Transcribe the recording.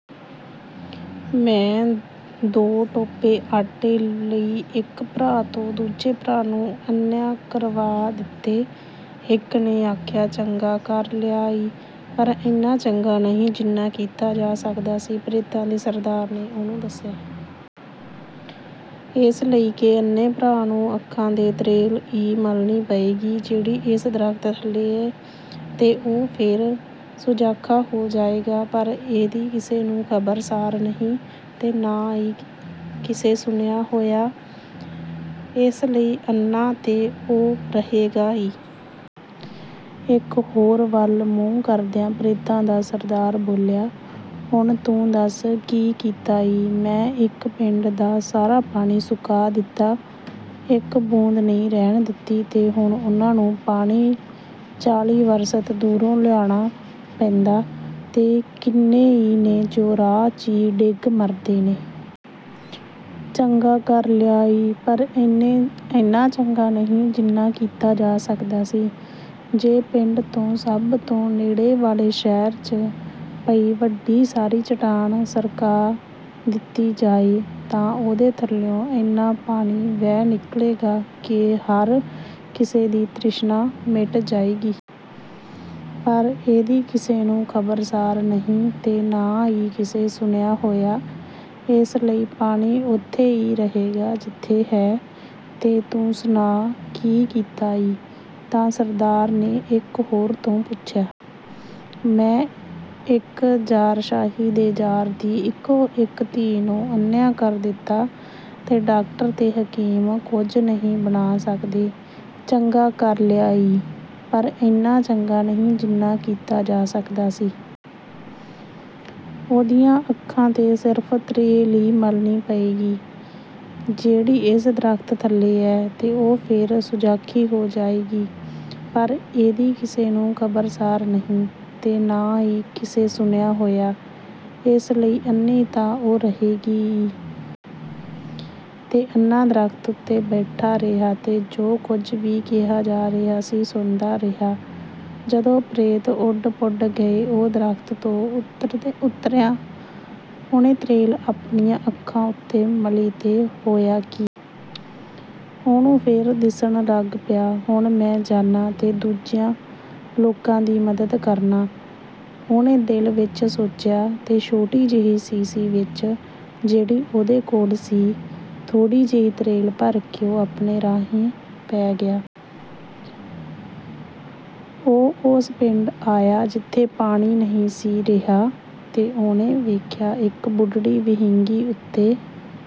“ਮੈਂ ਦੋ ਟੋਪੇ ਆਟੇ ਲਈ ਇੱਕ ਭਰਾ ਤੋਂ ਦੂਜੇ ਭਰਾ ਨੂੰ ਅੰਨ੍ਹਿਆਂ ਕਰਵਾ ਦਿੱਤੈ,” ਇੱਕ ਨੇ ਆਖਿਆ। “ਚੰਗਾ ਕਰ ਲਿਆ ਈ, ਪਰ ਏਨਾ ਚੰਗਾ ਨਹੀਂ, ਜਿੰਨਾ ਕੀਤਾ ਜਾ ਸਕਦਾ ਸੀ,” ਪ੍ਰੇਤਾਂ ਦੇ ਸਰਦਾਰ ਨੇ ਉਹਨੂੰ ਦੱਸਿਆ। “ਏਸ ਲਈ ਕਿ ਅੰਨ੍ਹੇ ਭਰਾ ਨੂੰ ਅੱਖਾਂ ’ਤੇ ਤਰੇਲ ਈ ਮਲਣੀ ਪਏਗੀ, ਜਿਹੜੀ ਏਸ ਦਰਖ਼ਤ ਥੱਲੇ ਏ, ਤੇ ਉਹ ਫੇਰ ਸੁਜਾਖਾ ਹੋ ਜਾਏਗਾ। ਪਰ ਇਹਦੀ ਕਿਸੇ ਨੂੰ ਖ਼ਬਰ-ਸਾਰ ਨਹੀਂ, ਤੇ ਨਾ ਈ ਕਿਸੇ ਸੁਣਿਆ ਹੋਇਐ, ਏਸ ਲਈ ਅੰਨ੍ਹਾ ਤੇ ਉਹ ਰਹੇਗਾ ਈ।” ਇੱਕ ਹੋਰ ਵੱਲ ਮੂੰਹ ਕਰਦਿਆਂ ਪ੍ਰੇਤਾਂ ਦਾ ਸਰਦਾਰ ਬੋਲਿਆ: “ਹੁਣ ਤੂੰ ਦੱਸ, ਕੀ ਕੀਤਾ ਈ?" "ਮੈਂ ਇੱਕ ਪਿੰਡ ਦਾ ਸਾਰਾ ਪਾਣੀ ਸੁਕਾ ਦਿੱਤੈ, ਇੱਕ ਬੂੰਦ ਨਹੀਂ ਰਹਿਣ ਦਿੱਤੀ, ਤੇ ਹੁਣ ਉਹਨਾਂ ਨੂੰ ਪਾਣੀ ਚਾਲੀ ਵਰਸਤ ਦੂਰੋਂ ਲਿਆਣਾ ਪੈਂਦੈ, ਤੇ ਕਿੰਨੇ ਈ ਨੇ ਜੋ ਰਾਹ ’ਚ ਈ ਡਿਗ ਮਰਦੇ ਨੇ।” “ਚੰਗਾ ਕਰ ਲਿਆ ਈ, ਪਰ ਏਨਾ ਚੰਗਾ ਨਹੀਂ, ਜਿੰਨਾ ਕੀਤਾ ਜਾ ਸਕਦਾ ਸੀ।” “ਜੇ ਪਿੰਡ ਤੋਂ ਸਭ ਤੋਂ ਨੇੜੇ ਵਾਲੇ ਸ਼ਹਿਰ ’ਚ ਪਈ ਵੱਡੀ ਸਾਰੀ ਚਟਾਨ ਸਰਕਾ ਦਿੱਤੀ ਜਾਏ, ਤਾਂ ਉਹਦੇ ਥੱਲਿਉਂ ਏਨਾ ਪਾਣੀ ਵਹਿ ਨਿਕਲੇਗਾ ਕਿ ਹਰ ਕਿਸੇ ਦੀ ਤ੍ਰਿਸ਼ਨਾ ਮਿਟ ਜਾਏਗੀ।” “ਪਰ ਇਹਦੀ ਕਿਸੇ ਨੂੰ ਖ਼ਬਰ-ਸਾਰ ਨਹੀਂ, ਤੇ ਨਾ ਈ ਕਿਸੇ ਸੁਣਿਆ ਹੋਇਐ, ਏਸ ਲਈ ਪਾਣੀ ਓਥੇ ਈ ਰਹੇਗਾ, ਜਿਥੇ ਹੈ।” “ਤੇ ਤੂੰ ਸੁਣਾ, ਕੀ ਕੀਤਾ ਈ?” ਤਾਂ ਸਰਦਾਰ ਨੇ ਇਕ ਹੋਰ ਤੋਂ ਪੁੱਛਿਆ। “ਮੈਂ ਇੱਕ ਜ਼ਾਰਸ਼ਾਹੀ ਦੇ ਜ਼ਾਰ ਦੀ ਇਕੋ-ਇੱਕ ਧੀ ਨੂੰ ਅੰਨ੍ਹਿਆਂ ਕਰ ਦਿੱਤੈ, ਤੇ ਡਾਕਟਰ ਤੇ ਹਕੀਮ ਕੁਝ ਨਹੀਂ ਬਣਾ ਸਕਦੇ।” “ਚੰਗਾ ਕਰ ਲਿਆ ਈ, ਪਰ ਏਨਾ ਚੰਗਾ ਨਹੀਂ, ਜਿੰਨਾ ਕੀਤਾ ਜਾ ਸਕਦਾ ਸੀ।" “ਉਹਦੀਆਂ ਅੱਖਾਂ ’ਤੇ ਸਿਰਫ਼ ਤਰੇਲ ਈ ਮਲਣੀ ਪਏਗੀ, ਜਿਹੜੀ ਏਸ ਦਰਖ਼ਤ ਥੱਲੇ ਏ, ਤੇ ਉਹ ਫੇਰ ਸੁਜਾਖੀ ਹੋ ਜਾਏਗੀ।" “ਪਰ ਇਹਦੀ ਕਿਸੇ ਨੂੰ ਖ਼ਬਰ-ਸਾਰ ਨਹੀਂ, ਤੇ ਨਾ ਈ ਕਿਸੇ ਸੁਣਿਆ ਹੋਇਐ, ਏਸ ਲਈ ਅੰਨ੍ਹੀ ਤਾਂ ਉਹ ਰਹੇਗੀ ਈ।” ਤੇ ਅੰਨ੍ਹਾ ਦਰਖ਼ਤ ਉਤੇ ਬੈਠਾ ਰਿਹਾ ਤੇ ਜੁ ਕੁਝ ਵੀ ਕਿਹਾ ਜਾ ਰਿਹਾ ਸੀ, ਸੁਣਦਾ ਰਿਹਾ। ਜਦੋਂ ਪ੍ਰੇਤ ਉਡ-ਪੁਡ ਗਏ, ਉਹ ਦਰਖ਼ਤ ਤੋਂ ਉਤਰਿਆ, ਉਹਨੇ ਤਰੇਲ ਆਪਣੀਆਂ ਅੱਖਾਂ ਉਤੇ ਮਲੀ ਤੇ ਹੋਇਆ ਕੀ! ਉਹਨੂੰ ਫੇਰ ਦਿੱਸਣ ਲੱਗ ਪਿਆ। “ਹੁਣ ਮੈਂ ਜਾਨਾਂ ਤੇ ਦੂਜਿਆਂ ਲੋਕਾਂ ਦੀ ਮਦਦ ਕਰਨਾਂ,” ਉਹਨੇ ਦਿਲ ਵਿੱਚ ਸੋਚਿਆ। ਤੇ ਛੋਟੀ ਜਿਹੀ ਸ਼ੀਸ਼ੀ ਵਿੱਚ, ਜਿਹੜੀ ਉਹਦੇ ਕੋਲ ਸੀ, ਥੋੜ੍ਹੀ ਜਿਹੀ ਤਰੇਲ ਭਰ ਕੇ ਉਹ ਆਪਣੇ ਰਾਹੇ ਪੈ ਗਿਆ। ਉਹ ਓਸ ਪਿੰਡ ਆਇਆ, ਜਿਥੇ ਪਾਣੀ ਨਹੀਂ ਸੀ ਰਿਹਾ, ਤੇ ਉਹਨੇ ਵੇਖਿਆ, ਇੱਕ ਬੁਢੜੀ ਵਹਿੰਗੀ ਉਤੇ